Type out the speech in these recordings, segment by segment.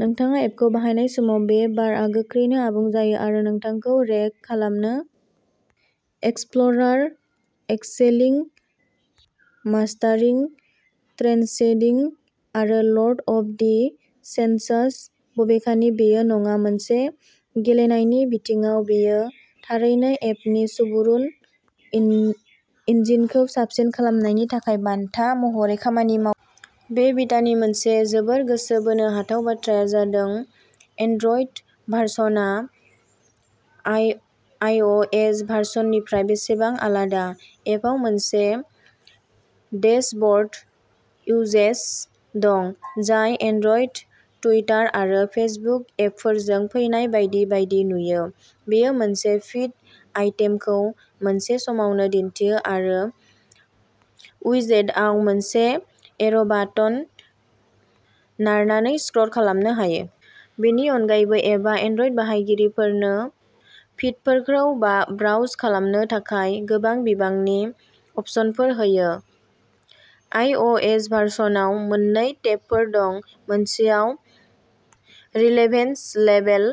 नोंथाङा एपखौ बाहायनाय समाव, बे बारआ गोख्रैनो आबुं जायो आरो नोंथांखौ रेंक खालामोः "एक्सप्ल'रार, एक्सेलिं, मास्टारिं, ट्रेन्सेंडिं, आरो लर्ड अफ दि सेन्सस। " बबेखानि बेयो नङा। मोनसे गेलेनायनि बिथिङाव, बेयो थारैनो एपनि सुबुरुन इन्जिनखौ साबसिन खालामनायनि थाखाय बान्था महरै खामानि मावो। बे बिटानि मोनसे जोबोर गोसो बोनो हाथाव बाथ्राया जादों एन्ड्रइड भारसनआ आइअ'एस भारसननिफ्राय बेसेबां आलादा। एपआव मोनसे डेशबर्ड उइजेट दं, जाय एन्ड्रइड टुइटार आरो फेसबुक एपफोरजों फैनाय बायदि बायदि नुयो। बेयो मोनसे फिड आइटेमखौ मोनसे समावनो दिन्थियो आरो उइजेटआव मोनसे एर'बाटोन नारनानै स्क्रल खालामनो हायो। बेनि अनगायैबो, एपआ एन्ड्रइड बाहायगिरिफोरनो फिडफोरखौ ब्राउज खालामनो थाखाय गोबां बिबांनि अपसनफोर होयो। आइअ'एस भारसनआव मोननै टेबफोर दं, मोनसेयाव "रिलेभेन्स" लेबेल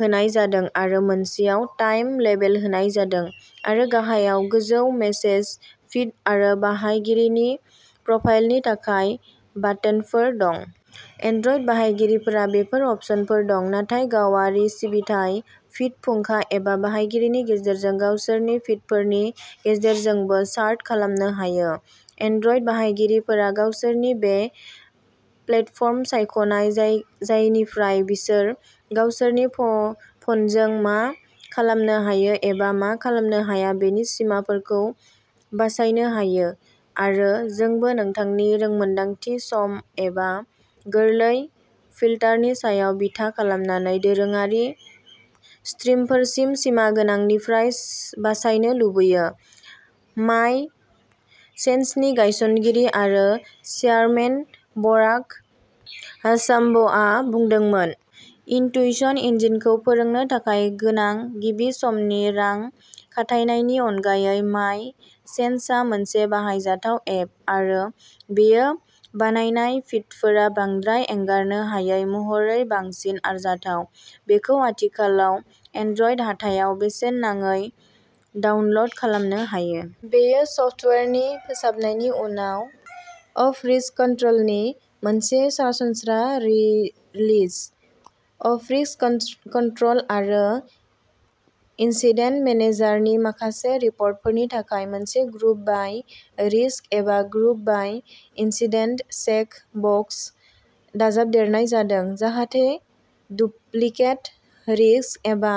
होनाय जादों आरो मोनसेयाव "टाइम" लेबेल होनाय जादों, आरो गाहायाव गोजौ मेसेज, फिड आरो बाहायगिरिनि प्रफाइलनि थाखाय बाटोनफोर दं। एन्ड्रइड बाहायगिरिफोरा बेफोर अपसनफोर दं, नाथाय गावआरि सिबिथाय, फिड फुंखा एबा बाहायगिरिनि गेजेरजों गावसोरनि फिडफोरनि गेजेरजोंबो सार्ट खालामनो हायो। "एन्ड्रइड बाहायगिरिफोरा गावसोरनि बे प्लेटफर्म सायख'नाय जायनिफ्राय बिसोर गावसोरनि फ'नजों मा खालामनो हायो एबा मा खालामनो हाया बेनि सिमाफोरखौ बासायनो हायो, आरो जोंबो नोंथांनि रोंमोनदांथिखौ सम एबा गोरलै फिल्टारनि सायाव बिथा खालामनानै दोरोङारि स्ट्रिमफोरसिम सिमागोनांनिफ्राय बासायनो लुबैयो ", माय सेन्सनि गायसनगिरि आरो चेयारमेन बराक हाचामभआ बुंदोंमोन। इन्टुइशन इन्जिनखौ फोरोंनो थाखाय गोनां गिबि समनि रां खाथायनायनि अनगायै, माय सेन्सआ मोनसे बाहायजाथाव एप, आरो बेयो बानायनाय फिडफोरा बांद्राय एंगारनो हायै महरै बांसिन आरजाथाव। बेखौ आथिखालाव एन्ड्रइड हाथायाव बेसेन नाङै डाउनल'ड खालामनो हायो। बेयो सफ्टवेयारनि फोसाबनायनि उनाव अपरिस्ककन्ट्रोलनि मोनसे सरासनस्रा रिलिज। अपरिस्ककन्ट्रोल आरो इन्सिडेन्ट मेनेजारनि माखासे रिपर्टफोरनि थाखाय मोनसे ग्रुप बाइ रिस्क एबा group by incident check box दाजाबदेरनाय जादों जाहाथे डुप्लिकेट रिस्क एबा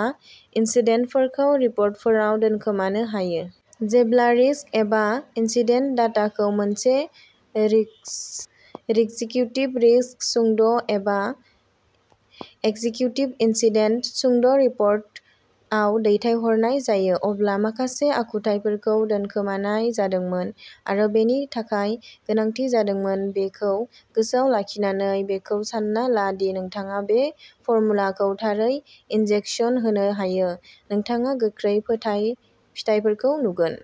इन्सिडेन्टफोरखौ रिपर्टफोराव दोनखोमानो हायो। जेब्ला रिस्क एबा इन्सिडेन्ट डाटाखौ मोनसे एक्जिक्युटिभ रिस्क सुंद'एबा एक्जिक्युटिभ इन्सिडेन्ट सुंद'रिपर्टआव दैथायहरनाय जायो, अब्ला माखासे आखुथाइफोरखौ दोनखोमानाय जादोंमोन आरो बेनि थाखाय गोनांथि जादोंमोन। बेखौ गोसोआव लाखिनानै, बेखौ सान्ना ला दि नोंथाङा बे फर्मुलाखौ थारै इन्जेकसन होनो हायो, नोंथाङा गोख्रै फिथायफोरखौ नुगोन।